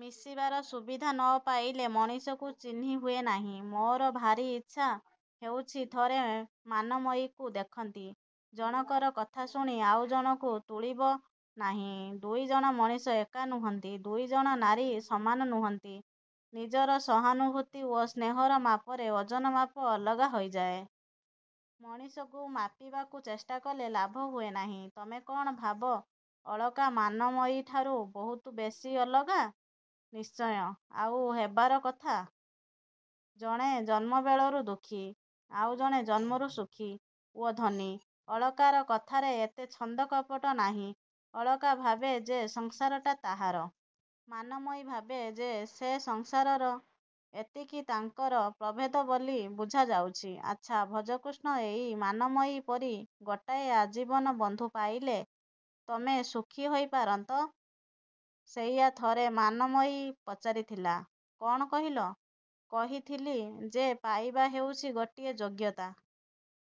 ମିଶିବାର ସୁବିଧା ନ ପାଇଲେ ମଣିଷକୁ ଚିହ୍ନିହୁଏ ନାହିଁ। -ମୋର ଭାରି ଇଛା ହେଉଛି ଥରେ ମାନମୟୀକୁ ଦେଖନ୍ତି। -ଜଣକର କଥାଶୁଣି ଆଉ ଜଣକୁ ତୁଳିବ ନାହିଁ। ଦୁଇଜଣ ମଣିଷ ଏକା ନୁହଁନ୍ତି। ଦୁଇଜଣ ନାରୀ ସମାନ ନୁହଁନ୍ତି। ନିଜର ସହାନୁଭୂତି ଓ ସ୍ନେହର ମାପରେ ଓଜନ ମାପ ଅଲଗା ହେଇଯାଏ। ମଣିଷକୁ ମାପିବାକୁ ଚେଷ୍ଟାକଲେ ଲାଭ ହୁଏ ନାହିଁ। -ତମେ କ'ଣ ଭାବ ଅଳକା ମାନମୟୀଠାରୁ ବହୁତ ବେଶୀ ଅଲଗା? -ନିଶ୍ଚୟ! ଆଉ ହେବାର କଥା। ଜଣେ ଜନ୍ମବେଳରୁ ଦୁଃଖୀ। ଆଉ ଜଣେ ଜନ୍ମରୁ ସୁଖୀ ଓ ଧନୀ। ଅଳକାର କଥାରେ ଏତେ ଛନ୍ଦକପଟ ନାହିଁ। ଅଳକା ଭାବେ ଯେ ସଂସାରଟା ତାହାର। ମାନମୟୀ ଭାବେ ଯେ ସେ ସଂସାରର-ଏତିକି ତାଙ୍କର ପ୍ରଭେଦ ବୋଲି ବୁଝା ଯାଉଛି। -ଆଛା, ଭଜକୃଷ୍ଣ, ଏଇ ମାନମୟୀ ପରି ଗୋଟାଏ ଆଜୀବନ ବନ୍ଧୁ ପାଇଲେ ତମେ ସୁଖୀ ହୋଇ ପାରନ୍ତ? -ସେଇଆ ଥରେ ମାନମୟୀ ପଚାରିଥିଲା। -କ'ଣ କହିଲ? -କହିଥିଲି ଯେ ପାଇବା ହେଉଛି ଗୋଟାଏ ଯୋଗ୍ୟତା।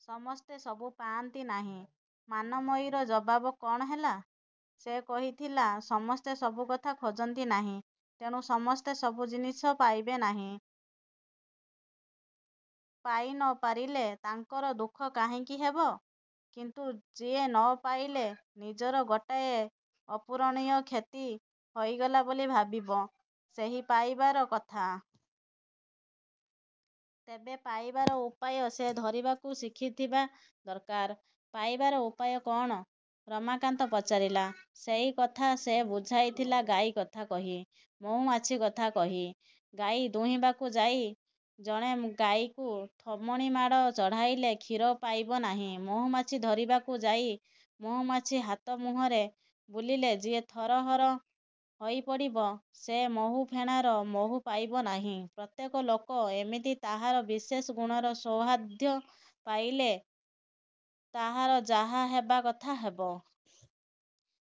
ସମସ୍ତେ ସବୁ ପାଆନ୍ତି ନାହିଁ। -ମାନମୟୀର ଜବାବ କ'ଣ ହେଲା? -ସେ କହିଥିଲା ସମସ୍ତେ ସବୁକଥା ଖୋଜନ୍ତି ନାହିଁ। ତେଣୁ ସମସ୍ତେ ସବୁ ଜିନିଷ ପାଇବେ ନାହିଁ। ପାଇ ନ ପାରିଲେ ତାଙ୍କର ଦୁଃଖ କାହିଁକି ହେବ? କିନ୍ତୁ ଯିଏ ନ ପାଇଲେ ନିଜର ଗୋଟାଏ ଅପୂରଣୀୟ କ୍ଷତି ହୋଇଗଲା ବୋଲି ଭାବିବ-ସେହି ପାଇବାର କଥା। ତେବେ ପାଇବାର ଉପାୟ ସେ ଧରିବାକୁ ଶିଖିଥିବା ଦରକାର। -ପାଇବାର ଉପାୟ କ'ଣ? -ରମାକାନ୍ତ ପଚାରିଲା। -ସେଇ କଥା ସେ ବୁଝାଇଥିଲା ଗାଈକଥା କହି-ମହୁମାଛି କଥା। କହି। ଗାଈ ଦୁହିଁବାକୁ ଯାଇ ଜଣେ ଗାଈକୁ ଥୋମଣିମାଡ଼ ଚଢ଼ାଇଲେ କ୍ଷୀର ପାଇବ ନାହିଁ। ମହୁମାଛି ଧରିବାକୁ ଯାଇ ମହୁମାଛି ହାତ ମୁହଁରେ ବୁଲିଲେ ଯିଏ ଥରହର ହୋଇ ପଡ଼ିବ, ସେ ମହୁଫେଣାର ମହୁ ପାଇବ ନାହିଁ ପ୍ରତ୍ୟେକ ଲୋକ ଏମିତି ତାହାର ବିଶେଷ ଗୁଣର ସୌହାର୍ଦ୍ଦ୍ୟ ପାଇଲେ ତାହାର ଯାହା ହେବା କଥା ହେବ।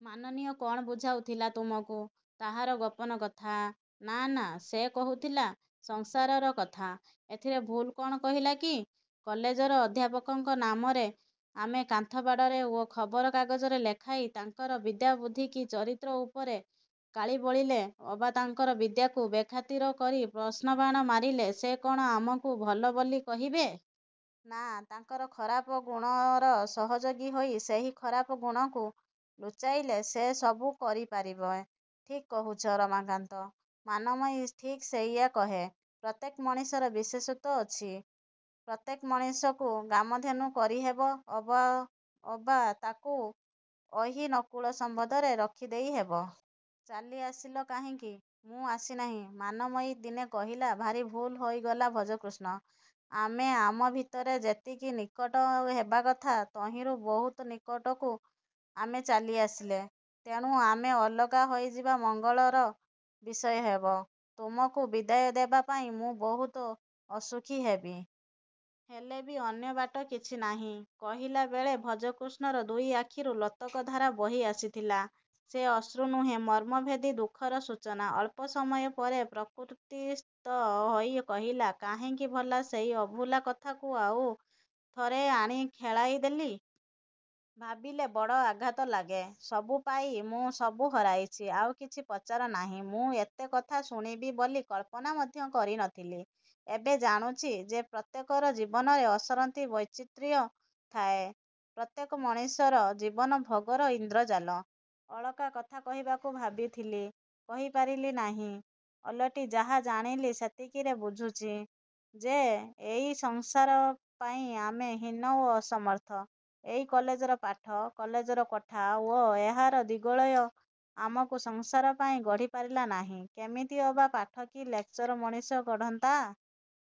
-ମାନମୟୀ କ'ଣ ବୁଝାଉଥିଲା ତୁମକୁ ତାହାର ଗୋପନ କଥା? -ନା-ନା। ସେ କହୁଥିଲା ସଂସାରର କଥା। ଏଥିରେ ଭୁଲ କ'ଣ କହିଲା କି? କଲେଜର ଅଧ୍ୟାପକଙ୍କ ନାମରେ ଆମେ କାନ୍ଥବାଡ଼ରେ ଓ ଖବର କାଗଜରେ ଲେଖାଇ ତାଙ୍କର ବିଦ୍ୟାବୁଦ୍ଧି କି ଚରିତ୍ର ଉପରେ କାଳି ବୋଳିଲେ ଅବା ତାଙ୍କର ବିଦ୍ୟାକୁ ବେଖାତିର କରି ପ୍ରଶ୍ନବାଣ ମାରିଲେ ସେ କ'ଣ ଆମକୁ ଭଲ ବୋଲି କହିବେ? -ନା, ତାଙ୍କର ଖରାପ ଗୁଣର ସହଯୋଗୀ ହୋଇ ସେହି ଖରାପ ଗୁଣକୁ ଲୁଚାଇଲେ ସେ ସବୁ କରି ପାରିବେ। -ଠିକ୍ କହୁଛ, ରମାକାନ୍ତ। ମାନମୟୀ ଠିକ୍ ସେଇଆ କହେ। ପ୍ରତ୍ୟେକ ମଣିଷର ବିଶେଷତ୍ୱ ଅଛି। ପ୍ରତ୍ୟେକ ମଣିଷକୁ କାମଧେନୁ କରିହେବ ଅବା ତା'କୁ ଅହି-ନକୁଳ ସମ୍ୱନ୍ଧରେ ରଖିଦେଇ ହେବ। -ଚାଲି ଆସିଲ କାହିଁକି? -ମୁଁ ଆସି ନାହିଁ। ମାନମୟୀ ଦିନେ କହିଲା-ଭାରି ଭୁଲ ହୋଇଗଲା ଭଜକୃଷ୍ଣ। ଆମେ ଆମ ଭିତରେ ଯେତିକି ନିକଟ ହେବା କଥା ତହିଁରୁ ବହୁତ ନିକଟକୁ ଆମେ ଚାଲି ଆସିଲେ। ତେଣୁ ଆମେ ଅଲଗା ହୋଇଯିବା ମଙ୍ଗଳର ବିଷୟ ହେବ। ତୁମକୁ ବିଦାୟ ଦେବା ପାଇଁ ମୁଁ ବହୁତ ଅସୁଖୀ ହେବି। ହେଲେ ବି ଅନ୍ୟ ବାଟ କିଛି ନାହିଁ। କହିଲା ବେଳେ ଭଜକୃଷ୍ଣର ଦୁଇ ଆଖିରୁ ଲୋତକଧାରା ବହି ଆସିଥିଲା। ସେ ଅଶ୍ରୁ ନୁହେଁ-ମର୍ମଭେଦୀ ଦୁଃଖର ସୂଚନା। ଅଳ୍ପ ସମୟ ପରେ ପ୍ରକୃତିସ୍ଥ ହୋଇ କହିଲା-କାହିଁକି ଭଲା ସେଇ ଅଭୁଲା କଥାକୁ ଆଉ ଥରେ ଆଣି ଖେଳାଇ ଦେଲି। ଭାବିଲେ ବଡ଼ ଆଘାତ ଲାଗେ। ସବୁ ପାଇ ମୁଁ ସବୁ ହରାଇଛି। ଆଉ କିଛି ପଚାର ନାହିଁ-। ମୁଁ ଏତେ କଥା ଶୁଣିବି ବୋଲି କଳ୍ପନା ମଧ୍ୟ କରି ନ ଥିଲି। ଏବେ ଜାଣୁଛି ଯେ ପ୍ରତ୍ୟେକର ଜୀବନରେ ଅସରନ୍ତି ବୈଚିତ୍ର୍ୟ ଥାଏ। ପ୍ରତ୍ୟେକ ମଣିଷର ଜୀବନ ଭୋଗର ଇନ୍ଦ୍ରଜାଲ-। ଅଳକା କଥା କହିବାକୁ ଭାବିଥିଲି। କହି ପାରିଲି ନାହିଁ। ଓଲଟି ଯାହା ଜାଣିଲି ସେତିକିରେ ବୁଝୁଛି ଯେ ଏଇ ସଂସାର ପାଇଁ ଆମେ ହୀନ ଓ ଅସମର୍ଥ। ଏଇ କଲେଜର ପାଠ, କଲେଜର କୋଠା ଓ ଏହାର ଦିଗ୍ବଳୟ ଆମକୁ ସଂସାର ପାଇଁ ଗଢ଼ି ପାରିଲା ନାହିଁ। -କେମିତି ଅବା ପାଠ କି ଲେକଚର ମଣିଷ ଗଢ଼ନ୍ତା?